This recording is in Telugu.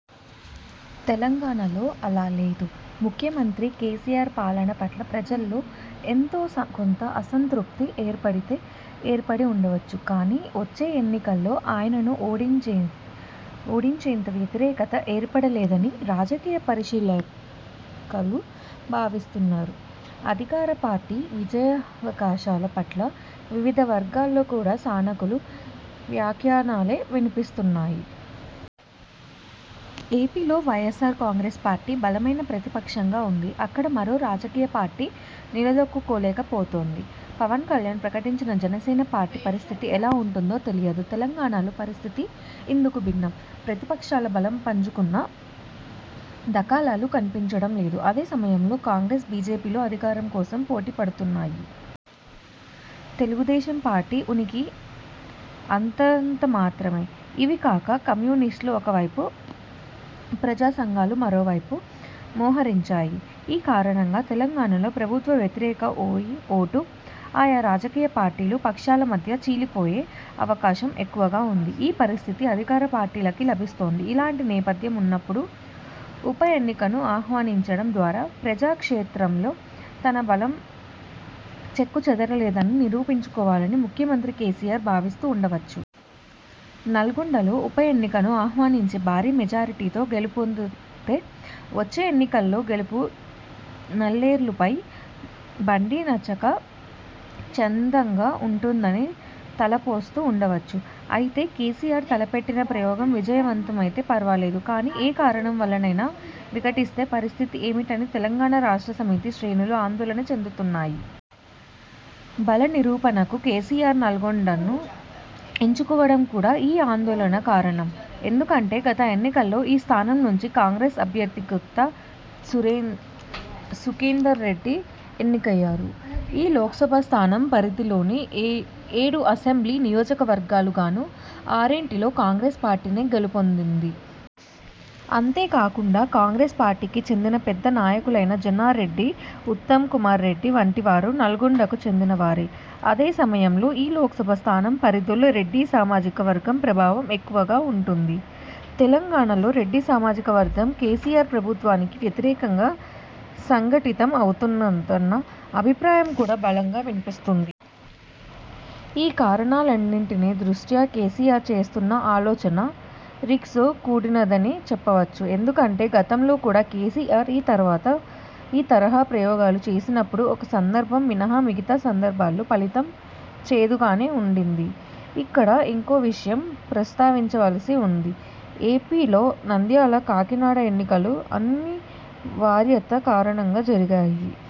తెలంగాణలో అలా లేదు. ముఖ్యమంత్రి కేసీఆర్ పాలన పట్ల ప్రజల్లో ఎంతో కొంత అసంతృప్తి ఏర్పడితే ఏర్పడి ఉండవచ్చు గానీ, వచ్చే ఎన్నికల్లో ఆయనను ఓడించేంత వ్యతిరేకత ఏర్పడలేదని రాజకీయ పరిశీలకులు భావిస్తున్నారు. అధికార పార్టీ విజయావకాశాల పట్ల వివిధ వర్గాల్లో కూడా సానుకూల వ్యాఖ్యానాలే వినిపిస్తున్నాయి. ఏపీలో వైఎస్ఆర్ కాంగ్రెస్ పార్టీ బలమైన ప్రతిపక్షంగా ఉంది. అక్కడ మరో రాజకీయ పార్టీ నిలదొక్కుకోలేకపోతోంది. పవన్ కల్యాణ్ ప్రకటించిన జనసేన పార్టీ పరిస్థితి ఎలా ఉంటుందో తెలియదు! తెలంగాణలో పరిస్థితి ఇందుకు భిన్నం. ప్రతిపక్షాలు బలం పుంజుకున్న దాఖలాలు కనిపించడం లేదు. అదే సమయంలో, కాంగ్రెస్– బీజేపీలు అధికారం కోసం పోటీ పడుతున్నాయి. తెలుగుదేశం పార్టీ ఉనికి అంతంతమాత్రమే! ఇవికాక, కమ్యూనిస్టులు ఒకవైపు, ప్రజా సంఘాలు మరోవైపు మోహరించాయి. ఈ కారణంగా, తెలంగాణలో ప్రభుత్వ వ్యతిరేక ఓటు ఆయా రాజకీయ పార్టీలు, పక్షాల మధ్య చీలిపోయే అవకాశం ఎక్కువగా ఉంది. ఈ పరిస్థితి అధికార పార్టీకి లాభిస్తుంది. ఇలాంటి నేపథ్యం ఉన్నప్పుడు ఉప ఎన్నికను ఆహ్వానించడం ద్వారా ప్రజా క్షేత్రంలో తన బలం చెక్కుచెదరలేదని నిరూపించుకోవాలని ముఖ్యమంత్రి కేసీఆర్ భావిస్తూ ఉండవచ్చు. నల్లగొండలో ఉప ఎన్నికను ఆహ్వానించి భారీ మెజారిటీతో గెలుపొందితే, వచ్చే ఎన్నికల్లో గెలుపు నల్లేరుపై బండి నడక చందంగా ఉంటుందని తలపోస్తూ ఉండవచ్చు. అయితే, కేసీఆర్ తలపెట్టిన ప్రయోగం విజయవంతమైతే ఫర్వాలేదు. కానీ, ఏ కారణం వల్లనైనా వికటిస్తే పరిస్థితి ఏమిటని తెలంగాణ రాష్ట్ర సమితి శ్రేణులు ఆందోళన చెందుతున్నాయి. బల నిరూపణకు కేసీఆర్ నల్లగొండను ఎంచుకోవడం కూడా ఈ ఆందోళనకు కారణం! ఎందుకంటే, గత ఎన్నికల్లో ఈ స్థానం నుంచి కాంగ్రెస్ అభ్యర్థిగా గుత్తా సుఖేందర్ రెడ్డి ఎన్నికయ్యారు. ఈ లోక్సభ స్థానం పరిధిలోని ఏడు అసెంబ్లీ నియోజకవర్గాలకు గాను ఆరింటిలో కాంగ్రెస్ పార్టీనే గెలుపొందింది. అంతేకాకుండా కాంగ్రెస్ పార్టీకి చెందిన పెద్ద నాయకులైన జానారెడ్డి, ఉత్తమ్ కుమార్ రెడ్డి వంటివారు నల్లగొండకు చెందినవారే! అదే సమయంలో, ఈ లోక్సభ స్థానం పరిధిలో రెడ్డి సామాజిక వర్గం ప్రభావం ఎక్కువగా ఉంటుంది. తెలంగాణలో రెడ్డి సామాజిక వర్గం కేసీఆర్ ప్రభుత్వానికి వ్యతిరేకంగా సంఘటితం అవుతున్నదన్న అభిప్రాయం కూడా బలంగా వినిపిస్తున్నది. ఈ కారణాలన్నింటి దృష్ట్యా కేసీఆర్ చేస్తున్న ఆలోచన రిస్క్తో కూడినదేనని చెప్పవచ్చు. ఎందుకంటే, గతంలో కూడా కేసీఆర్ ఈ తరహా ప్రయోగాలు చేసినప్పుడు ఒక సందర్భం మినహా మిగతా సందర్భాల్లో ఫలితం చేదుగానే ఉండింది. ఇక్కడ ఇంకో విషయం ప్రస్తావించవలసి ఉంది. ఏపీలో నంద్యాల, కాకినాడ ఎన్నికలు అనివార్యత కారణంగా జరిగాయి.